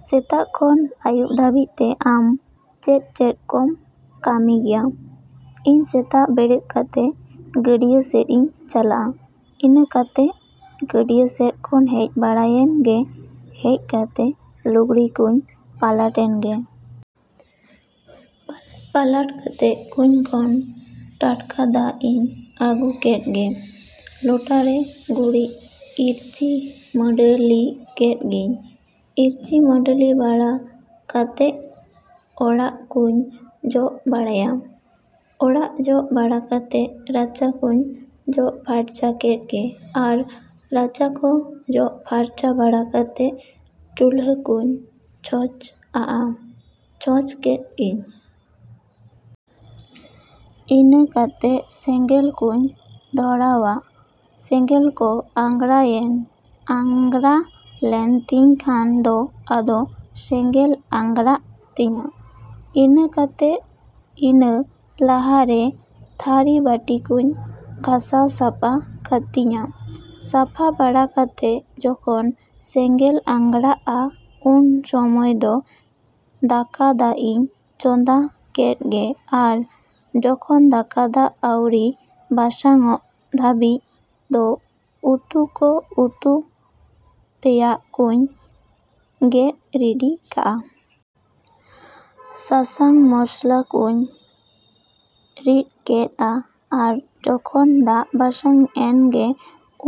ᱥᱮᱛᱟᱜ ᱠᱷᱚᱱ ᱟᱹᱭᱩᱵ ᱫᱷᱟᱹᱵᱤᱡ ᱛᱮ ᱟᱢ ᱪᱮᱫ ᱪᱮᱫ ᱠᱚᱢ ᱠᱟᱹᱢᱤ ᱜᱮᱭᱟ? ᱤᱧ ᱥᱮᱛᱟᱜ ᱵᱮᱨᱮᱫ ᱠᱟᱛᱮ ᱜᱟᱹᱰᱭᱟᱹ ᱥᱮᱫ ᱤᱧ ᱪᱟᱞᱟᱜᱼᱟ᱾ ᱤᱱᱟᱹ ᱠᱟᱛᱮ ᱜᱟᱹᱰᱭᱟᱹ ᱥᱮᱫ ᱠᱷᱚᱱ ᱦᱮᱡ ᱵᱟᱲᱟᱭᱮᱱ ᱜᱮ ᱦᱮᱡ ᱠᱟᱛᱮ ᱞᱩᱜᱽᱲᱤ ᱠᱚᱹᱧ ᱯᱟᱞᱟᱴ ᱮᱱ ᱜᱮ᱾ ᱯᱟᱞᱟᱴ ᱠᱟᱛᱮ ᱠᱩᱧ ᱠᱷᱚᱱ ᱴᱟᱴᱠᱟ ᱫᱟᱜ ᱤᱧ ᱟᱹᱜᱩ ᱠᱮᱫ ᱜᱮ᱾ ᱞᱚᱴᱟ ᱨᱮ ᱜᱩᱨᱤᱡ ᱤᱨᱪᱤ ᱢᱟᱹᱰᱟᱹᱞᱤ ᱠᱮᱫ ᱜᱤᱧ᱾ ᱤᱨᱪᱤ ᱢᱩᱰᱚᱞᱤ ᱵᱟᱲᱟ ᱠᱟᱛᱮᱜ ᱚᱲᱟᱜ ᱠᱚᱹᱧ ᱡᱚᱜ ᱵᱟᱲᱟᱭᱟ᱾ ᱚᱲᱟᱜ ᱡᱚᱜ ᱵᱟᱲᱟ ᱠᱟᱛᱮ ᱨᱟᱪᱟ ᱠᱚᱹᱧ ᱡᱚᱜ ᱥᱟᱯᱷᱟ ᱠᱮᱫ ᱜᱮ ᱟᱨ ᱨᱟᱪᱟ ᱠᱚ ᱡᱚᱜ ᱥᱟᱯᱷᱟ ᱵᱟᱲᱟ ᱠᱟᱛᱮ ᱪᱩᱞᱦᱟᱹ ᱠᱚᱹᱧ ᱪᱷᱚᱸᱪ ᱟᱜᱼᱟ ᱪᱷᱚᱸᱪ ᱠᱮᱫ ᱜᱤᱧ᱾ ᱤᱱᱟᱹ ᱠᱟᱛᱮᱜ ᱥᱮᱸᱜᱮᱞ ᱠᱚᱧ ᱫᱷᱚᱨᱟᱣᱟ᱾ ᱥᱮᱸᱜᱮᱞ ᱠᱚ ᱟᱸᱜᱽᱨᱟᱭᱮᱱ ᱟᱸᱜᱽᱨᱟ ᱞᱮᱱ ᱛᱤᱧ ᱠᱷᱟᱱ ᱫᱚ ᱟᱫᱚ ᱥᱮᱸᱜᱮᱞ ᱟᱸᱜᱽᱨᱟᱜ ᱛᱤᱧᱟ᱾ ᱤᱱᱟᱹ ᱠᱟᱛᱮ ᱤᱱᱟᱹ ᱞᱟᱦᱟ ᱨᱮ ᱛᱷᱟᱹᱨᱤ ᱵᱟᱹᱴᱤ ᱠᱚᱹᱧ ᱜᱷᱟᱥᱟᱣ ᱥᱟᱯᱷᱟ ᱠᱟᱛᱤᱧᱟ᱾ ᱥᱟᱯᱷᱟ ᱵᱟᱲᱟ ᱠᱟᱛᱮ ᱡᱚᱠᱷᱚᱱ ᱥᱮᱸᱜᱮᱞ ᱟᱸᱜᱽᱨᱟᱜᱼᱟ ᱩᱱ ᱥᱚᱢᱚᱭ ᱫᱚ ᱫᱟᱠᱟ ᱫᱟᱜ ᱤᱧ ᱪᱚᱸᱫᱟ ᱠᱮᱫ ᱜᱮ ᱟᱨ ᱡᱚᱠᱷᱚᱱ ᱫᱟᱠᱟ ᱫᱟᱜ ᱟᱹᱣᱨᱤ ᱵᱟᱥᱟᱝ ᱚᱜ ᱫᱷᱟᱹᱵᱤᱡ ᱫᱚ ᱩᱛᱩ ᱠᱚ ᱩᱛᱩ ᱛᱮᱭᱟᱜ ᱠᱚᱹᱧ ᱜᱮᱫ ᱨᱮᱰᱤ ᱠᱟᱜᱼᱟ᱾ ᱥᱟᱥᱟᱝ ᱢᱚᱥᱞᱟ ᱠᱚᱧ ᱨᱤᱫ ᱠᱟᱜᱼᱟ ᱟᱨ ᱡᱚᱠᱷᱚᱱ ᱫᱟᱜ ᱵᱟᱥᱟᱝ ᱮᱱ ᱜᱮ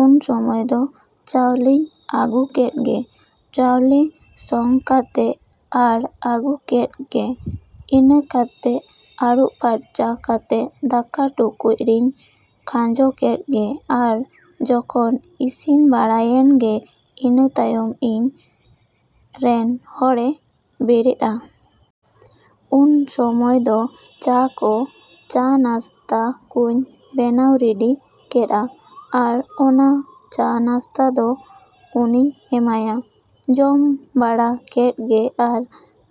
ᱩᱱ ᱥᱚᱢᱚᱭ ᱫᱚ ᱪᱟᱣᱞᱮᱧ ᱟᱹᱜᱩ ᱠᱮᱫ ᱜᱮ᱾ ᱪᱟᱣᱞᱮ ᱥᱚᱝ ᱠᱟᱛᱮᱜ ᱟᱨ ᱟᱹᱜᱩ ᱠᱮᱫ ᱜᱮ᱾ ᱤᱱᱟᱹ ᱠᱟᱛᱮᱜ ᱟᱹᱨᱩᱵ ᱯᱷᱟᱨᱪᱟ ᱠᱟᱛᱮ ᱫᱟᱠᱟ ᱴᱩᱠᱩᱪ ᱨᱮᱧ ᱠᱷᱟᱸᱡᱚ ᱠᱮᱫ ᱜᱮ ᱟᱨ ᱡᱚᱠᱷᱚᱱ ᱤᱥᱤᱱ ᱵᱟᱲᱟᱭᱮᱱ ᱜᱮ ᱤᱱᱟᱹ ᱛᱟᱭᱚᱢ ᱤᱧ ᱨᱮᱱ ᱦᱚᱲᱮ ᱵᱮᱨᱮᱫᱼᱟ᱾ ᱩᱱ ᱥᱚᱢᱚᱭ ᱫᱚ ᱪᱟ ᱠᱚ ᱪᱟ ᱱᱟᱥᱛᱟ ᱠᱚᱹᱧ ᱵᱮᱱᱟᱣ ᱨᱮᱰᱤ ᱠᱟᱜᱼᱟ᱾ ᱟᱨ ᱚᱱᱟ ᱪᱟ ᱱᱟᱥᱛᱟ ᱫᱚ ᱩᱱᱤᱧ ᱮᱢᱟᱭᱟ᱾ ᱡᱚᱢ ᱵᱟᱲᱟ ᱠᱮᱫ ᱜᱮ ᱟᱨ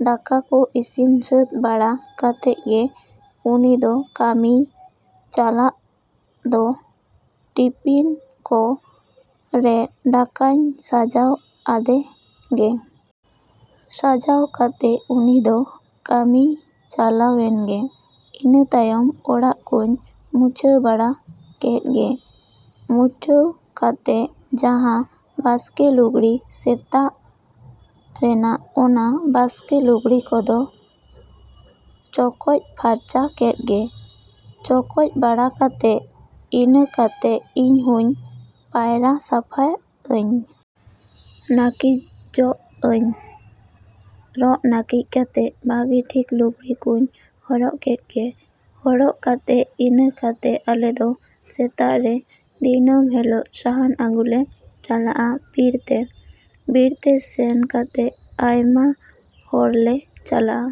ᱫᱟᱠᱟ ᱠᱚ ᱤᱥᱤᱱ ᱥᱟᱹᱛ ᱵᱟᱲᱟ ᱠᱟᱛᱮᱜ ᱫᱚ ᱩᱱᱤ ᱫᱚ ᱠᱟᱹᱢᱤᱭ ᱪᱟᱞᱟᱜ ᱫᱚ ᱴᱤᱯᱤᱱ ᱠᱚ ᱨᱮᱫ ᱫᱟᱠᱟᱧ ᱥᱟᱡᱟᱣ ᱟᱫᱮ ᱜᱮ᱾ ᱥᱟᱡᱟᱣ ᱠᱟᱛᱮ ᱩᱱᱤ ᱫᱚ ᱠᱟᱹᱢᱤᱭ ᱪᱟᱞᱟᱣ ᱮᱱ ᱜᱮ᱾ ᱤᱱᱟᱹ ᱛᱟᱭᱚᱢ ᱚᱲᱟᱜ ᱠᱚᱧ ᱢᱩᱪᱷᱟᱹᱣ ᱵᱟᱲᱟ ᱠᱮᱫ ᱜᱮ᱾ ᱢᱩᱪᱷᱟᱹᱣ ᱠᱟᱛᱮ ᱡᱟᱦᱟᱸ ᱵᱟᱥᱠᱮ ᱞᱩᱜᱽᱲᱤ ᱥᱮᱛᱟᱜ ᱨᱮᱱᱟᱜ ᱚᱱᱟ ᱵᱟᱥᱠᱮ ᱞᱩᱜᱽᱲᱤ ᱠᱚᱫᱚ ᱪᱚᱠᱚᱡ ᱯᱷᱟᱨᱪᱟ ᱠᱮᱫ ᱜᱮ᱾ ᱪᱚᱠᱚᱡ ᱵᱟᱲᱟ ᱠᱟᱛᱮ ᱤᱱᱟᱹ ᱠᱟᱛᱮ ᱤᱧ ᱦᱚᱸᱧ ᱯᱟᱭᱨᱟ ᱥᱟᱯᱷᱟᱧ ᱟᱹᱧ᱾ ᱱᱟᱹᱠᱤᱡᱚᱜ ᱟᱹᱧ ᱨᱚᱜ ᱱᱟᱹᱠᱤᱡ ᱠᱟᱛᱮ ᱵᱷᱟᱹᱜᱤ ᱴᱷᱤᱠ ᱞᱩᱜᱽᱲᱤᱡ ᱠᱚᱧ ᱦᱚᱨᱚᱜ ᱠᱮᱫ ᱜᱮ᱾ ᱦᱚᱨᱚᱜ ᱠᱟᱛᱮᱜ ᱤᱱᱟᱹ ᱠᱟᱛᱮᱜ ᱟᱞᱮ ᱫᱚ ᱥᱮᱛᱟᱜ ᱨᱮ ᱫᱤᱱᱟᱹᱢ ᱦᱤᱞᱳᱜ ᱥᱟᱦᱟᱱ ᱟᱹᱜᱩ ᱞᱮ ᱪᱟᱞᱟᱜᱼᱟ ᱵᱤᱨ ᱛᱮ᱾ ᱵᱤᱨ ᱛᱮ ᱥᱮᱱ ᱠᱟᱛᱮᱜ ᱟᱭᱢᱟ ᱦᱚᱲ ᱞᱮ ᱪᱟᱞᱟᱜᱼᱟ᱾